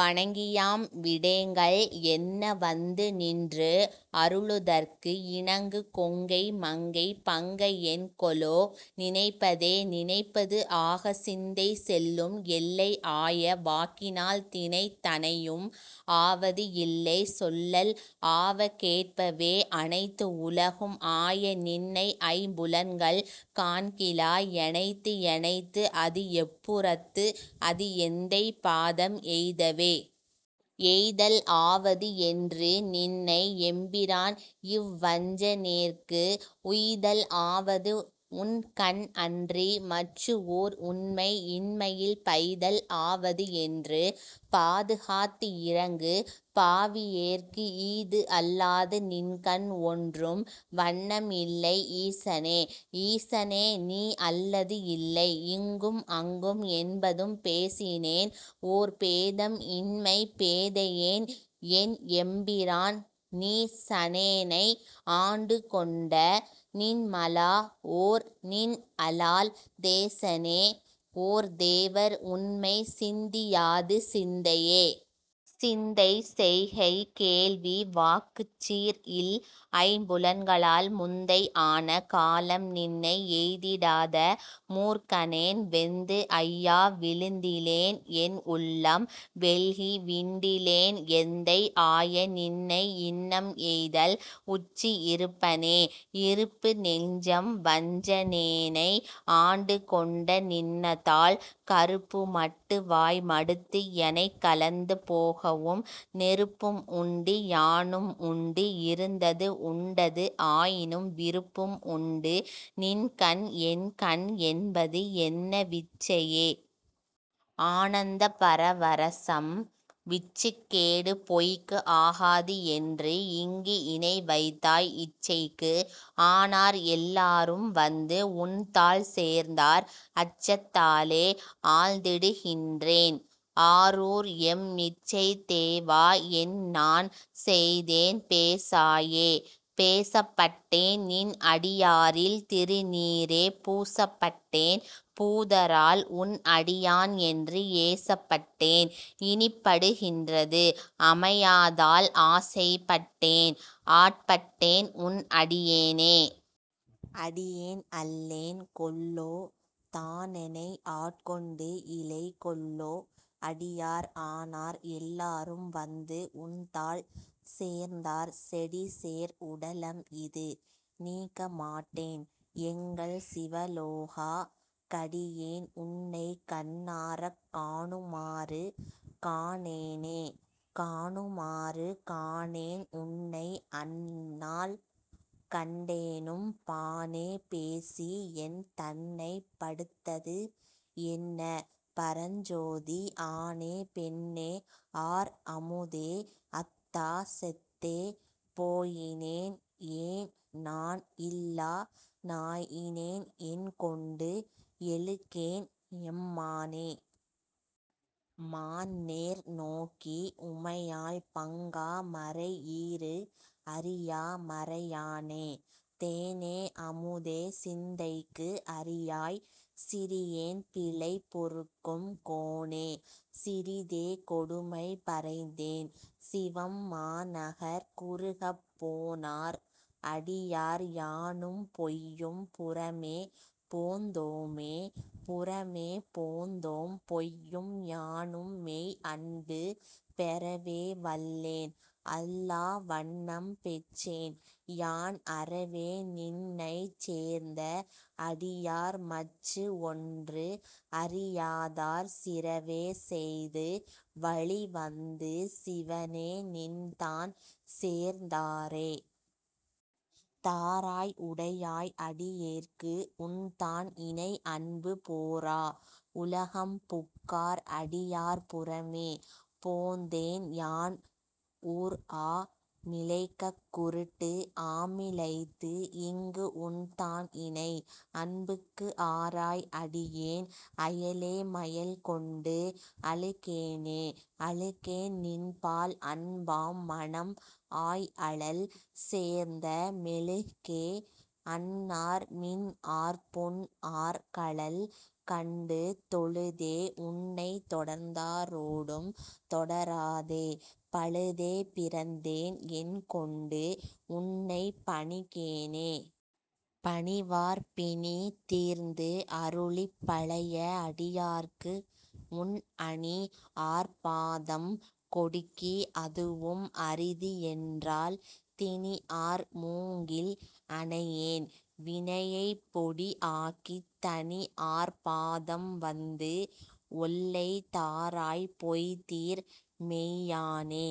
வணங்கியாம் விடேங்கள் என்ன வந்து நின்று அருளுதற்கு இணங்கு கொங்கை மங்கை பங்க என் கொலோ நினைப்பதே. நினைப்பது ஆக சிந்தை செல்லும் எல்லை ஆய வாக்கினால் தினைத் தனையும் ஆவது இல்லை சொல்லல் ஆவ கேட்பவே அனைத்து உலகும் ஆய நின்னை ஐம்புலன்கள் காண்கிலா எனைத்து எனைத்து அது எப்புறத்து அது எந்தை பாதம் எய்தவே. எய்தல் ஆவது என்று நின்னை எம்பிரான் இவ்வஞ்சனேற்கு உய்தல் ஆவது உன் கண் அன்றி மற்று ஓர் உண்மை இன்மையில் பைதல் ஆவது என்று பாதுகாத்து இரங்கு பாவியேற்கு ஈது அல்லாது நின்கண் ஒன்றும் வண்ணம் இல்லை ஈசனே. ஈசனே நீ அல்லது இல்லை இங்கும் அங்கும் என்பதும் பேசினேன் ஓர் பேதம் இன்மை பேதையேன் என் எம்பிரான் நீசனேனை ஆண்டுகொண்ட நின்மலா ஓர் நின் அலால் தேசனே ஓர் தேவர் உண்மை சிந்தியாது சிந்தையே. சிந்தை செய்கை கேள்வி வாக்குச் சீர் இல் ஐம்புலன்களால் முந்தை ஆன காலம் நின்னை எய்திடாத மூர்க்கனேன் வெந்து ஐயா விழுந்திலேன் என் உள்ளம் வெள்கி விண்டிலேன் எந்தை ஆய நின்னை இன்னம் எய்தல் உற்று இருப்பனே. இருப்பு நெஞ்சம் வஞ்சனேனை ஆண்டு கொண்ட நின்னதாள் கருப்புமட்டு வாய் மடுத்து எனைக் கலந்து போகவும் நெருப்பும் உண்டு யானும் உண்டு இருந்தது உண்டது ஆயினும் விருப்பும் உண்டு நின்கண் என்கண் என்பது என்ன விச்சையே. ஆனந்த பரவரசம் விச்சுக் கேடு பொய்க்கு ஆகாது என்று இங்கு இனை வைத்தாய் இச்சைக்கு ஆனார் எல்லாரும் வந்து உன்தாள் சேர்ந்தார் அச்சத்தாலே ஆழ்ந்திடுகின்றேன் ஆரூர் எம் மிச்சைத் தேவா என் நான் செய்தேன் பேசாயே. பேசப்பட்டேன் நின் அடியாரில் திருநீறே பூசப்பட்டேன் பூதரால் உன் அடியான் என்று ஏசப்பட்டேன் இனிப்படுகின்றது அமையாதால் ஆசைப்பட்டேன் ஆட்பட்டேன் உன் அடியேனே. அடியேன் அல்லேன் கொல்லோ தானெனை ஆட்கொண்டு இலை கொல்லோ அடியார் ஆனார் எல்லாரும் வந்து உன்தாள் சேர்ந்தார் செடிசேர் உடலம் இது நீக்கமாட்டேன் எங்கள் சிவலோகா கடியேன் உன்னைக் கண்ணாரக் காணுமாறு காணேனே. காணுமாறு காணேன் உன்னை அந்நாள் கண்டேனும் பாணே பேசி என் தன்னைப் படுத்தது என்ன பரஞ்சோதி ஆணே பெண்ணே ஆர் அமுதே அத்தா செத்தே போயினேன் ஏண் நாண் இல்லா நாயினேன் என்கொண்டு எழுகேன் எம்மானே. மான் நேர் நோக்கி உமையாள் பங்கா மறை ஈறு அறியா மறையானே தேனே அமுதே சிந்தைக்கு அரியாய் சிறியேன் பிழை பொறுக்கும் கோனே சிறிதே கொடுமை பறைந்தேன் சிவம் மாநகர் குறுகப் போனார் அடியார் யானும் பொய்யும் புறமே போந்தோமே. புறமே போந்தோம் பொய்யும் யானும் மெய் அன்பு பெறவே வல்லேன் அல்லா வண்ணம் பெற்றேன் யான் அறவே நின்னைச் சேர்ந்த அடியார் மற்று ஒன்று அறியாதார் சிறவே செய்து வழிவந்து சிவனே நின்தான் சேர்ந்தாரே. தாராய் உடையாய் அடியேற்கு உன்தான் இணை அன்பு போரா உலகம் புக்கார் அடியார் புறமே போந்தேன் யான் ஊர் ஆ மிலைக்கக் குருட்டு ஆமிலைத்து இங்கு உன்தான் இணை அன்புக்கு ஆராய் அடியேன் அயலே மயல் கொண்டு அழுகேனே. அழுகேன் நின்பால் அன்பாம் மனம் ஆய் அழல் சேர்ந்த மெழுகே அன்னார் மின்ஆர் பொன் ஆர் கழல் கண்டு தொழுதே உன்னைத் தொடர்ந்தாரோடும் தொடராதே பழுதே பிறந்தேன் என் கொண்டு உன்னைப் பணிகேனே. பணிவார் பிணி தீர்ந்து அருளிப் பழைய அடியார்க்கு உன் அணி ஆர் பாதம் கொடுக்கி அதுவும் அரிது என்றால் திணி ஆர் மூங்கில் அனையேன் வினையைப் பொடி ஆக்கித் தணி ஆர் பாதம் வந்து ஒல்லை தாராய் பொய்தீர் மெய்யானே.